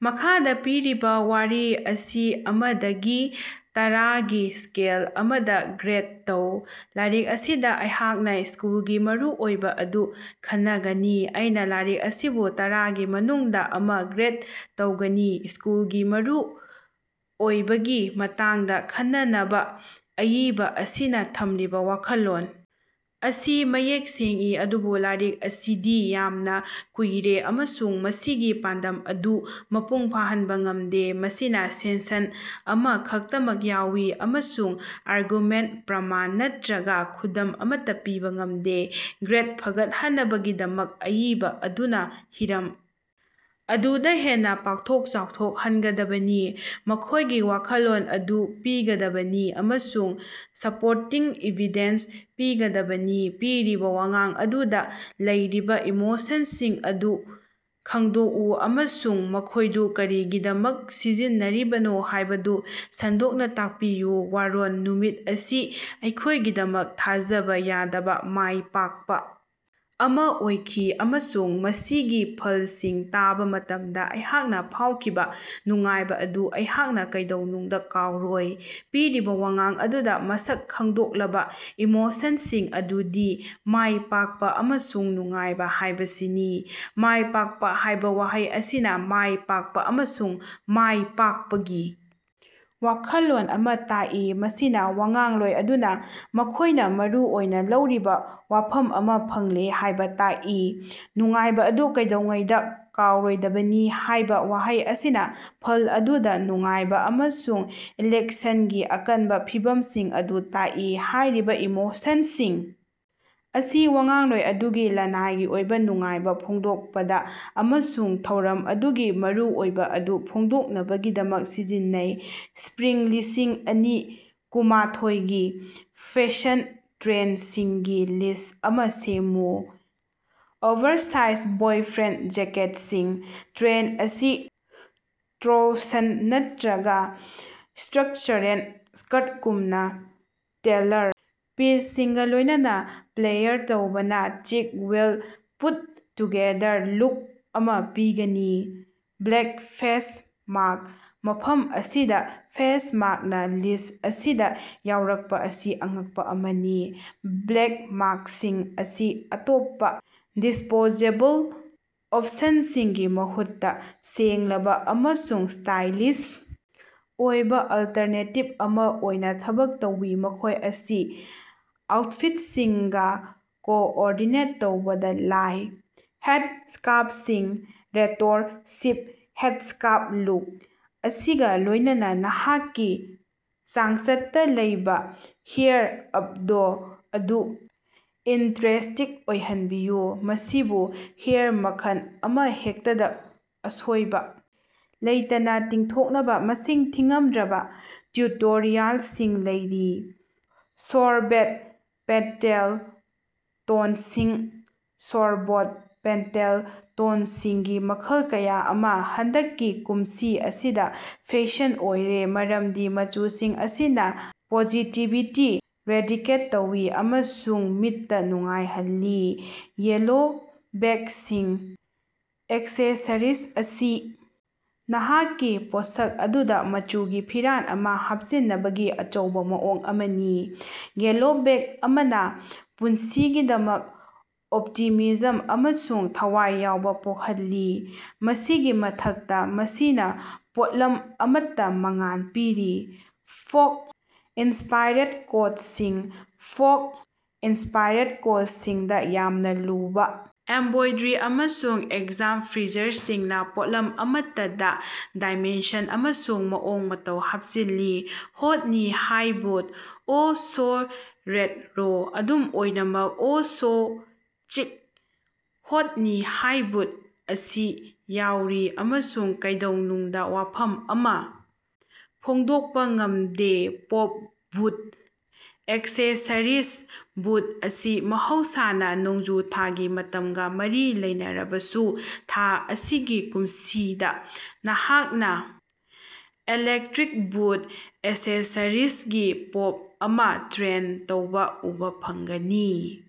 ꯃꯈꯥꯗ ꯄꯤꯔꯤꯕ ꯋꯥꯔꯤ ꯑꯁꯤꯑꯃꯗꯒꯤ ꯇꯔꯥ ꯒꯤ ꯁ꯭ꯀꯦꯜ ꯑꯃꯗ ꯒ꯭ꯔꯦꯗ ꯇꯧ꯫ ꯂꯥꯏꯔꯤꯛ ꯑꯁꯤꯗ ꯑꯩꯍꯥꯛꯅ ꯁ꯭ꯀꯨꯜꯒꯤ ꯃꯔꯨꯑꯣꯏꯕ ꯑꯗꯨ ꯈꯟꯅꯒꯅꯤ꯫ ꯑꯩꯅ ꯂꯥꯏꯔꯤꯛ ꯑꯁꯤꯕꯨ ꯇꯔꯥꯒꯤ ꯃꯅꯨꯡꯗ ꯑꯃ ꯒ꯭ꯔꯦꯗ ꯇꯧꯒꯅꯤ, ꯁ꯭ꯀꯨꯜꯒꯤ ꯃꯔꯨꯑꯣꯏꯕꯒꯤ ꯃꯇꯥꯡꯗ ꯈꯟꯅꯅꯕ ꯑꯏꯕ ꯑꯁꯤꯅ ꯊꯝꯂꯤꯕ ꯋꯥꯈꯜꯂꯣꯟ ꯑꯁꯤ ꯃꯌꯦꯛ ꯁꯦꯡꯏ ꯑꯗꯨꯕꯨ ꯂꯥꯏꯔꯤꯛ ꯑꯁꯤꯗꯤ ꯌꯥꯝꯅ ꯀꯨꯏꯔꯦ ꯑꯃꯁꯨꯡ ꯃꯁꯤꯒꯤ ꯄꯥꯟꯗꯝ ꯑꯗꯨ ꯃꯄꯨꯡ ꯐꯥꯍꯟꯕ ꯉꯝꯗꯦ꯫ ꯃꯁꯤꯗ ꯁꯦꯟꯁꯟ ꯑꯃ ꯈꯛꯇꯃꯛ ꯌꯥꯎꯏ ꯑꯃꯁꯨꯡ ꯑꯥꯔꯒꯨꯃꯦꯟꯠ, ꯄ꯭ꯔꯃꯥꯟ ꯅꯠꯇꯔꯒ ꯈꯨꯗꯝ ꯑꯃꯠꯇ ꯄꯤꯕ ꯉꯝꯗꯦ꯫ ꯒ꯭ꯔꯦꯗ ꯐꯒꯠꯍꯟꯅꯕꯒꯤꯗꯃꯛ, ꯑꯏꯕ ꯑꯗꯨꯅ ꯍꯤꯔꯝ ꯑꯗꯨꯗ ꯍꯦꯟꯅ ꯄꯥꯛꯊꯣꯛ ꯆꯥꯎꯊꯣꯛꯍꯟꯒꯗꯕꯅꯤ, ꯃꯈꯣꯏꯒꯤ ꯋꯥꯈꯜꯂꯣꯟ ꯑꯗꯨ ꯄꯤꯒꯗꯕꯅꯤ ꯑꯃꯁꯨꯡ ꯁꯄꯣꯔꯇꯤꯡ ꯏꯚꯤꯗꯦꯟꯁ ꯄꯤꯒꯗꯕꯅꯤ꯫ ꯄꯤꯔꯤꯕ ꯋꯥꯉꯥꯡ ꯑꯗꯨꯗ ꯂꯩꯔꯤꯕ ꯏꯃꯣꯁꯟꯁꯤꯡ ꯑꯗꯨ ꯈꯪꯗꯣꯛꯎ ꯑꯃꯁꯨꯡ ꯃꯈꯣꯏꯗꯨ ꯀꯔꯤꯒꯤꯗꯃꯛꯇ ꯁꯤꯖꯤꯟꯅꯔꯤꯕꯅꯣ ꯍꯥꯏꯕꯗꯨ ꯁꯟꯗꯣꯛꯅ ꯇꯥꯛꯄꯤꯌꯨ꯫ ꯋꯥꯔꯣꯜ: ꯅꯨꯃꯤꯠ ꯑꯁꯤ ꯑꯩꯈꯣꯏꯒꯤꯗꯃꯛ ꯊꯥꯖꯕ ꯌꯥꯗꯕ ꯃꯥꯏꯄꯥꯛꯄ ꯑꯃ ꯑꯣꯏꯈꯤ, ꯑꯃꯁꯨꯡ ꯃꯁꯤꯒꯤ ꯐꯜꯁꯤꯡ ꯇꯥꯕ ꯃꯇꯝꯗ ꯑꯩꯍꯥꯛꯅ ꯐꯥꯎꯈꯤꯕ ꯅꯨꯡꯉꯥꯏꯕ ꯑꯗꯨ ꯑꯩꯍꯥꯛꯅ ꯀꯩꯗꯧꯅꯨꯡꯗ ꯀꯥꯎꯔꯣꯏ꯫ ꯄꯤꯔꯤꯕ ꯋꯥꯉꯥꯡ ꯑꯗꯨꯗ ꯃꯁꯛ ꯈꯪꯗꯣꯛꯂꯕ ꯏꯃꯣꯁꯟꯁꯤꯡ ꯑꯗꯨꯗꯤ ꯃꯥꯏꯄꯥꯛꯄ ꯑꯃꯁꯨꯡ ꯅꯨꯡꯉꯥꯏꯕ ꯍꯥꯏꯕꯁꯤꯅꯤ꯫ ꯃꯥꯏꯄꯥꯛꯄ ꯍꯥꯏꯕ ꯋꯥꯍꯩ ꯑꯁꯤꯅ ꯃꯥꯏ ꯄꯥꯛꯄ ꯑꯃꯁꯨꯡ ꯃꯥꯏꯄꯥꯛꯄꯒꯤ ꯋꯥꯈꯜꯂꯣꯟ ꯑꯃꯥ ꯇꯥꯛꯏ, ꯃꯁꯤꯅ ꯋꯥꯉꯥꯡꯂꯣꯏ ꯑꯗꯨꯅ ꯃꯈꯣꯏꯅ ꯃꯔꯨ ꯑꯣꯏꯅ ꯂꯧꯔꯤꯕ ꯋꯥꯐꯝ ꯑꯃꯥ ꯐꯪꯂꯦ ꯍꯥꯏꯕ ꯇꯥꯛꯏ꯫ ꯅꯨꯡꯉꯥꯏꯕ ꯑꯗꯨ ꯀꯩꯗꯧꯉꯩꯗ ꯀꯥꯎꯔꯣꯏꯗꯕꯅꯤ ꯍꯥꯏꯕ ꯋꯥꯍꯩ ꯑꯁꯤꯅ ꯐꯜ ꯑꯗꯨꯗ ꯅꯨꯡꯉꯥꯏꯕ ꯑꯃꯁꯨꯡ ꯏꯂꯦꯛꯁꯟꯒꯤ ꯑꯀꯟꯕ ꯐꯤꯚꯝꯁꯤꯡ ꯑꯗꯨ ꯇꯥꯛꯏ꯫ ꯍꯥꯏꯔꯤꯕ ꯏꯃꯣꯁꯟꯁꯤꯡ ꯑꯁꯤ ꯋꯥꯉꯥꯡꯂꯣꯏ ꯑꯗꯨꯒꯤ ꯂꯅꯥꯏꯒꯤ ꯑꯣꯏꯕ ꯅꯨꯡꯉꯥꯏꯕ ꯐꯣꯡꯗꯣꯛꯄꯗ ꯑꯃꯁꯨꯡ ꯊꯧꯔꯝ ꯑꯗꯨꯒꯤ ꯃꯔꯨꯑꯣꯏꯕ ꯑꯗꯨ ꯐꯣꯡꯗꯣꯛꯅꯕꯒꯤꯗꯃꯛ ꯁꯤꯖꯤꯟꯅꯩ꯫ ꯁ꯭ꯄꯔꯤꯡ ꯂꯤꯁꯤꯡ ꯑꯅꯤ ꯀꯨꯃꯥꯊ‌ꯣꯏꯒꯤ ꯐꯦꯁꯟ ꯇ꯭ꯔꯦꯟꯗꯁꯤꯡꯒꯤ ꯂꯤꯁ꯭ꯠ ꯑꯃꯥ ꯁꯦꯝꯃꯨ꯫ ꯑꯣꯚꯔꯁꯥꯏꯖ ꯕꯣꯏꯐ꯭ꯔꯦꯟꯗ ꯖꯦꯀꯦꯠꯁꯤꯡ: ꯇ꯭ꯔꯦꯟꯗ ꯑꯁꯤ ꯇ꯭ꯔꯣꯁꯔ ꯅꯠꯇꯔꯒ ꯁ꯭ꯇꯔꯛꯆꯔꯦꯜ ꯁ꯭ꯀꯥꯔꯠꯒꯨꯝꯕ ꯇꯦꯜꯂꯔ ꯄꯤꯁꯁꯤꯡꯒ ꯂꯣꯏꯅꯅ ꯄꯦꯌꯥꯔ ꯇꯧꯕꯅ ꯆꯤꯛ ꯋꯦꯜ ꯄꯨꯠ-ꯇꯨꯒꯦꯗꯔ ꯂꯨꯛ ꯑꯃꯥ ꯄꯤꯒꯅꯤ꯫ ꯕ꯭ꯂꯦꯛ ꯐꯦꯁ ꯃꯥꯁ꯭ꯛ: ꯃꯐꯝ ꯑꯁꯤꯗ ꯐꯦꯁ ꯃꯥꯁ꯭ꯛꯅ ꯂꯤꯁ꯭ꯠ ꯑꯁꯤꯗ ꯌꯥꯎꯔꯛꯄ ꯑꯁꯤ ꯑꯉꯛꯄ ꯑꯃꯅꯤ꯫ ꯕ꯭ꯂꯦꯛ ꯃꯥꯁ꯭ꯛꯁꯤꯡ ꯑꯁꯤ ꯑꯇꯣꯞꯄ ꯗꯤꯁꯄꯣꯖꯦꯕꯜ ꯑꯣꯞꯁꯟꯁꯤꯡꯒꯤ ꯃꯍꯨꯠꯇ ꯁꯦꯡꯂꯕ ꯑꯃꯁꯨꯡ ꯁ꯭ꯇꯥꯏꯂꯤꯁ ꯑꯣꯏꯕ ꯑꯜꯇꯔꯅꯦꯇꯤꯕ ꯑꯃꯥ ꯑꯣꯏꯅ ꯊꯕꯛ ꯇꯧꯏ ꯃꯈꯣꯏ ꯑꯁꯤ ꯑꯥꯎꯠꯐꯤꯠꯁꯤꯡꯒ ꯀꯣꯑꯣꯔꯗꯤꯅꯦꯠ ꯇꯧꯕꯗ ꯂꯥꯏ꯫ ꯍꯦꯗ ꯁ꯭ꯀꯥꯔꯐꯁꯤꯡ: ꯔꯦꯇꯔꯣ ꯁꯤꯜꯛ ꯍꯦꯗꯁ꯭ꯀꯥꯔꯐ ꯂꯨꯛ ꯑꯁꯤꯒ ꯂꯣꯏꯅꯅꯥ ꯅꯍꯥꯛꯀꯤ ꯆꯥꯡꯆꯠꯇ ꯂꯩꯕ ꯍꯦꯌꯥꯔ ꯑꯞꯗꯣ ꯑꯗꯨ ꯏꯟꯇꯔꯦꯁ꯭ꯇꯤꯡ ꯑꯣꯏꯍꯟꯕꯤꯌꯨ꯫ ꯃꯁꯤꯕꯨ ꯍꯦꯌꯥꯔ ꯃꯈꯜ ꯑꯃꯍꯦꯛꯇꯗ ꯑꯁꯣꯏꯕ ꯂꯩꯇꯅ ꯇꯤꯡꯊꯣꯛꯅꯕ ꯃꯁꯤꯡ ꯊꯤꯉꯝꯗ꯭ꯔꯕ ꯇꯤꯎꯇꯣꯔꯤꯌꯥꯜꯁꯤꯡ ꯂꯩꯔꯤ꯫ ꯁꯣꯔꯕꯦꯠ ꯄꯦꯁ꯭ꯇꯦꯜ ꯇꯣꯟꯁꯤꯡ: ꯁꯣꯔꯕꯦꯠ ꯄꯦꯁ꯭ꯇꯦꯜ ꯇꯣꯟꯁꯤꯡꯒꯤ ꯃꯈꯜ ꯀꯌꯥ ꯑꯃꯥ ꯍꯟꯗꯛꯀꯤ ꯀꯨꯝꯁꯤ ꯑꯁꯤꯗ ꯐꯦꯁꯟ ꯑꯣꯏꯔꯦ ꯃꯔꯝꯗꯤ ꯃꯆꯨꯁꯤꯡ ꯑꯁꯤꯅ ꯄꯣꯖꯤꯇꯤꯕꯤꯇꯤ ꯔꯦꯗꯤꯌꯦꯠ ꯇꯧꯏ ꯑꯃꯁꯨꯡ ꯃꯤꯠꯇ ꯅꯨꯡꯉꯥꯏꯍꯜꯂꯤ꯫ ꯌꯦꯜꯂꯣ ꯕꯦꯒꯁꯤꯡ: ꯑꯦꯛꯁꯦꯁꯔꯤꯖ ꯑꯁꯤ ꯅꯍꯥꯛꯀꯤ ꯄꯣꯠꯁꯛ ꯑꯗꯨꯗ ꯃꯆꯨꯒꯤ ꯐꯤꯔꯥꯜ ꯑꯃꯥ ꯍꯥꯞꯆꯤꯟꯅꯕꯒꯤ ꯑꯆꯧꯕ ꯃꯑꯣꯡ ꯑꯃꯅꯤ꯫ ꯌꯦꯜꯂꯣ ꯕꯦꯒ ꯑꯃꯅ ꯄꯨꯟꯁꯤꯒꯤꯗꯃꯛ ꯑꯣꯞꯇꯤꯃꯤꯖꯝ ꯑꯃꯁꯨꯡ ꯊꯋꯥꯏ ꯌꯥꯎꯕ ꯄꯣꯛꯍꯜꯂꯤ, ꯃꯁꯤꯒꯤ ꯃꯊꯛꯇ, ꯃꯁꯤꯅ ꯄꯣꯠꯂꯝ ꯑꯃꯠꯇ ꯃꯉꯥꯜ ꯄꯤꯔꯤ꯫ ꯐꯣꯛ ꯏꯟꯁꯄꯥꯏꯔꯦꯠ ꯀꯣꯠꯁꯤꯡ: ꯐꯣꯛ-ꯏꯟꯁꯄꯥꯏꯔꯦꯠ ꯀꯣꯠꯁꯤꯡꯗ ꯌꯥꯝꯅ ꯂꯨꯕ ꯑꯦꯝꯕ꯭ꯔꯣꯏꯗ꯭ꯔꯤ ꯑꯃꯁꯨꯡ ꯑꯦꯛꯖꯥꯝ ꯐ꯭ꯔꯤꯟꯖꯁꯤꯡꯅ ꯄꯣꯠꯂꯝ ꯑꯃꯠꯇꯗ ꯗꯥꯏꯃꯦꯟꯁꯟ ꯑꯃꯁꯨꯡ ꯃꯑꯣꯡ ꯃꯇꯧ ꯍꯥꯞꯆꯤꯜꯂꯤ꯫ ꯍꯣꯠ ꯅꯤ ꯍꯥꯏ ꯕꯨꯠ: ꯑꯣꯍ ꯁꯣ ꯔꯦꯠꯔꯣ, ꯑꯗꯨꯝ ꯑꯣꯏꯅꯃꯛ ꯑꯣꯍ ꯁꯣ ꯆꯤꯛ, ꯍꯣꯠ ꯅꯤ ꯍꯥꯏ ꯕꯨꯠ ꯑꯁꯤ ꯌꯥꯎꯔꯤ ꯑꯃꯁꯨꯡ ꯀꯩꯗꯧꯅꯨꯡꯗ ꯋꯥꯐꯝ ꯑꯃ ꯐꯣꯡꯗꯣꯛꯄ ꯉꯝꯗꯦ꯫ ꯄꯣꯞ ꯕ꯭ꯂꯨ ꯑꯦꯛꯁꯦꯁꯔꯤꯖ: ꯕ꯭ꯂꯨ ꯑꯁꯤ ꯃꯍꯧꯁꯥꯅ ꯅꯣꯡꯖꯨ ꯊꯥꯒꯤ ꯃꯇꯝꯒ ꯃꯔꯤ ꯂꯩꯅꯔꯕꯁꯨ, ꯊꯥ ꯑꯁꯤꯒꯤ ꯀꯨꯝꯁꯤꯗ, ꯅꯍꯥꯛꯅ ꯏꯂꯦꯛꯇ꯭ꯔꯤꯛ ꯕ꯭ꯂꯨ ꯑꯦꯛꯁꯦꯁꯔꯤꯖꯒꯤ ꯄꯣꯞ ꯑꯃꯥ ꯇ꯭ꯔꯦꯟꯗ ꯇꯧꯕ ꯎꯕ ꯐꯪꯒꯅꯤ꯫